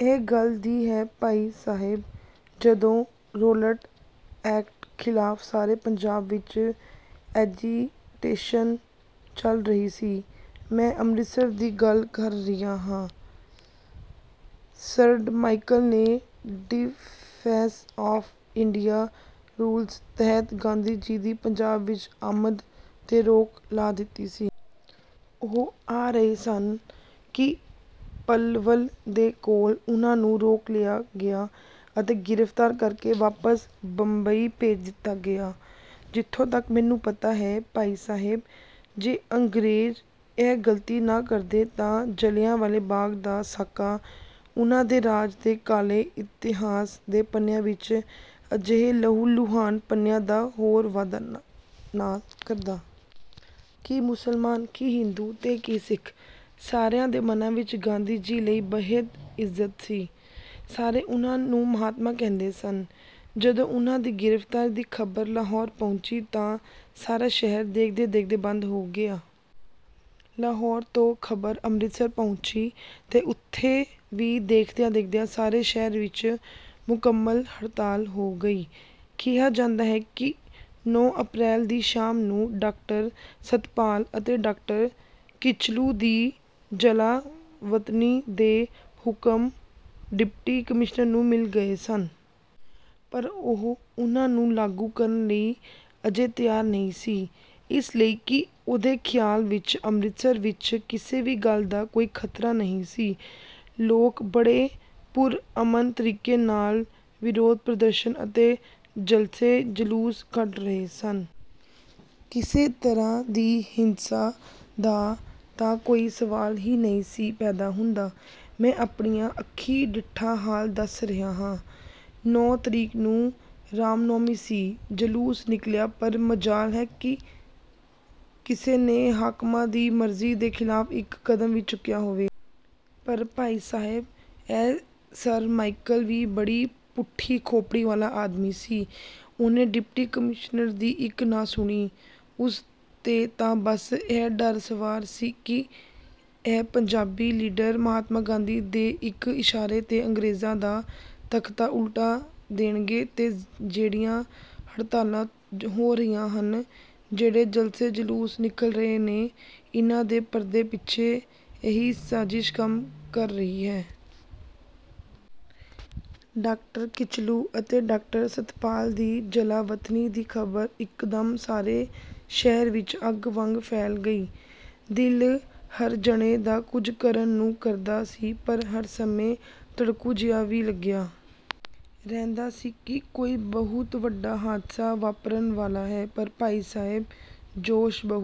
ਇਹ ਗੱਲ ਦੀ ਹੈ ਭਾਈ ਸਾਹਿਬ, ਜਦੋਂ ਰੋਲਟ ਐਕਟ ਖ਼ਿਲਾਫ਼ ਸਾਰੇ ਪੰਜਾਬ ਵਿੱਚ ਐਜੀਟੇਸ਼ਨ ਚੱਲ ਰਹੀ ਸੀ। ਮੈਂ ਅੰਮ੍ਰਿਤਸਰ ਦੀ ਗੱਲ ਕਰ ਰਿਹਾ ਹਾਂ। ਸਰਡ੍ਹ ਮਾਈਕਲ ਨੇ ਡਿਫੈਂਸ ਆਫ਼ ਇੰਡੀਆ ਰੂਲਜ਼ ਤਹਿਤ ਗਾਂਧੀ ਜੀ ਦੀ ਪੰਜਾਬ ਵਿੱਚ ਆਮਦ 'ਤੇ ਰੋਕ ਲਾ ਦਿੱਤੀ ਸੀ। ਉਹ ਆ ਰਹੇ ਸਨ ਕਿ ਪਲਵਲ ਦੇ ਕੋਲ ਉਨ੍ਹਾਂ ਨੂੰ ਰੋਕ ਲਿਆ ਗਿਆ ਅਤੇ ਗ੍ਰਿਫ਼ਤਾਰ ਕਰਕੇ ਵਾਪਸ ਬੰਬਈ ਭੇਜ ਦਿੱਤਾ ਗਿਆ। ਜਿੱਥੋਂ ਤੱਕ ਮੈਨੂੰ ਪਤਾ ਹੈ ਭਾਈ ਸਾਹਿਬ, ਜੇ ਅੰਗਰੇਜ਼ ਇਹ ਗ਼ਲਤੀ ਨਾ ਕਰਦੇ ਤਾਂ ਜਲ੍ਹਿਆਂ ਵਾਲੇ ਬਾਗ਼ ਦਾ ਸਾਕਾ ਉਨ੍ਹਾਂ ਦੇ ਰਾਜ ਦੇ ਕਾਲੇ ਇਤਿਹਾਸ ਦੇ ਪੰਨਿਆਂ ਵਿੱਚ ਅਜਿਹੇ ਲਹੂ-ਲੁਹਾਨ ਪੰਨਿਆਂ ਦਾ ਹੋਰ ਵਾਧਾ ਨਾ ਕਰਦਾ। ਕੀ ਮੁਸਲਮਾਨ, ਕੀ ਹਿੰਦੂ ਤੇ ਕੀ ਸਿੱਖ ਸਾਰਿਆਂ ਦੇ ਮਨਾਂ ਵਿੱਚ ਗਾਂਧੀ ਜੀ ਲਈ ਬੇਹੱਦ ਇੱਜ਼ਤ ਸੀ। ਸਾਰੇ ਉਨ੍ਹਾਂ ਨੂੰ ਮਹਾਤਮਾ ਕਹਿੰਦੇ ਸਨ। ਜਦੋਂ ਉਨ੍ਹਾਂ ਦੀ ਗ੍ਰਿਫ਼ਤਾਰੀ ਦੀ ਖ਼ਬਰ ਲਾਹੌਰ ਪਹੁੰਚੀ ਤਾਂ ਸਾਰਾ ਸ਼ਹਿਰ ਦੇਖਦੇ-ਦੇਖਦੇ ਬੰਦ ਹੋ ਗਿਆ। ਲਾਹੌਰ ਤੋਂ ਖ਼ਬਰ ਅੰਮ੍ਰਿਤਸਰ ਪਹੁੰਚੀ ਤੇ ਉੱਥੇ ਵੀ ਦੇਖਦਿਆਂ-ਦੇਖਦਿਆਂ ਸਾਰੇ ਸ਼ਹਿਰ ਵਿੱਚ ਮੁਕੰਮਲ ਹੜਤਾਲ ਹੋ ਗਈ। ਕਿਹਾ ਜਾਂਦਾ ਹੈ ਕਿ ਨੌਂ ਅਪ੍ਰੈਲ ਦੀ ਸ਼ਾਮ ਨੂੰ ਡਾਕਟਰ ਸੱਤਪਾਲ ਅਤੇ ਡਾਕਟਰ ਕਿਚਲੂ ਦੀ ਜਲਾਵਤਨੀ ਦੇ ਹੁਕਮ ਡਿਪਟੀ ਕਮਿਸ਼ਨਰ ਨੂੰ ਮਿਲ ਗਏ ਸਨ। ਪਰ ਉਹ ਉਨ੍ਹਾਂ ਨੂੰ ਲਾਗੂ ਕਰਨ ਲਈ ਅਜੇ ਤਿਆਰ ਨਹੀਂ ਸੀ। ਇਸ ਲਈ ਕਿ ਉਹਦੇ ਖਿਆਲ ਵਿੱਚ ਅੰਮ੍ਰਿਤਸਰ ਵਿੱਚ ਕਿਸੇ ਵੀ ਗੱਲ ਦਾ ਕੋਈ ਖ਼ਤਰਾ ਨਹੀਂ ਸੀ। ਲੋਕ ਬੜੇ ਪੁਰ-ਅਮਨ ਤਰੀਕੇ ਨਾਲ ਵਿਰੋਧ ਪ੍ਰਦਰਸ਼ਨ ਅਤੇ ਜਲਸੇ-ਜਲੂਸ ਕੱਢ ਰਹੇ ਸਨ। ਕਿਸੇ ਤਰ੍ਹਾਂ ਦੀ ਹਿੰਸਾ ਦਾ ਤਾਂ ਕੋਈ ਸਵਾਲ ਹੀ ਨਹੀਂ ਸੀ ਪੈਦਾ ਹੁੰਦਾ। ਮੈਂ ਆਪਣੀਆਂ ਅੱਖੀਂ ਡਿੱਠਾ ਹਾਲ ਦੱਸ ਰਿਹਾ ਹਾਂ। ਨੌਂ ਤਰੀਕ ਨੂੰ ਰਾਮਨੌਮੀ ਸੀ। ਜਲੂਸ ਨਿਕਲਿਆ ਪਰ ਮਜਾਲ ਹੈ ਜੇ ਕਿਸੇ ਨੇ ਹਾਕਮਾਂ ਦੀ ਮਰਜ਼ੀ ਦੇ ਖ਼ਿਲਾਫ਼ ਇੱਕ ਕਦਮ ਵੀ ਚੁੱਕਿਆ ਹੋਵੇ। ਪਰ ਭਾਈ ਸਾਹਿਬ ਇਹ ਸਰ ਮਾਈਕਲ ਵੀ ਬੜੀ ਪੁੱਠੀ ਖੋਪੜੀ ਵਾਲਾ ਆਦਮੀ ਸੀ। ਉਹਨੇ ਡਿਪਟੀ ਕਮਿਸ਼ਨਰ ਦੀ ਇੱਕ ਨਾ ਸੁਣੀ। ਉਸ 'ਤੇ ਤਾਂ ਬਸ ਇਹ ਡਰ ਸਵਾਰ ਸੀ ਕਿ ਇਹ ਪੰਜਾਬੀ ਲੀਡਰ ਮਹਾਤਮਾ ਗਾਂਧੀ ਦੇ ਇੱਕ ਇਸ਼ਾਰੇ 'ਤੇ ਅੰਗਰੇਜ਼ਾਂ ਦਾ ਤਖ਼ਤਾ ਉਲਟਾ ਦੇਣਗੇ ਤੇ ਜਿਹੜੀਆਂ ਹੜਤਾਲਾਂ ਹੋ ਰਹੀਆਂ ਹਨ, ਜਿਹੜੇ ਜਲਸੇ-ਜਲੂਸ ਨਿਕਲ ਰਹੇ ਨੇ, ਇਹਨਾਂ ਦੇ ਪਰਦੇ ਪਿੱਛੇ ਇਹੀ ਸਾਜ਼ਿਸ਼ ਕੰਮ ਕਰ ਰਹੀ ਹੈ। ਡਾਕਟਰ ਕਿਚਲੂ ਅਤੇ ਡਾਕਟਰ ਸੱਤਪਾਲ ਦੀ ਜਲਾਵਤਨੀ ਦੀ ਖ਼ਬਰ ਇੱਕਦਮ ਸਾਰੇ ਸ਼ਹਿਰ ਵਿੱਚ ਅੱਗ ਵਾਂਗ ਫੈਲ ਗਈ। ਦਿਲ ਹਰ ਜਣੇ ਦਾ ਕੁਝ ਕਰਨ ਨੂੰ ਕਰਦਾ ਸੀ ਪਰ ਹਰ ਸਮੇਂ ਧੜਕੂ ਜਿਹਾ ਵੀ ਲੱਗਿਆ ਰਹਿੰਦਾ ਸੀ ਕਿ ਕੋਈ ਬਹੁਤ ਵੱਡਾ ਹਾਦਸਾ ਵਾਪਰਨ ਵਾਲਾ ਹੈ, ਪਰ ਭਾਈ ਸਾਹਿਬ ਜੋਸ਼ ਬਹੁਤ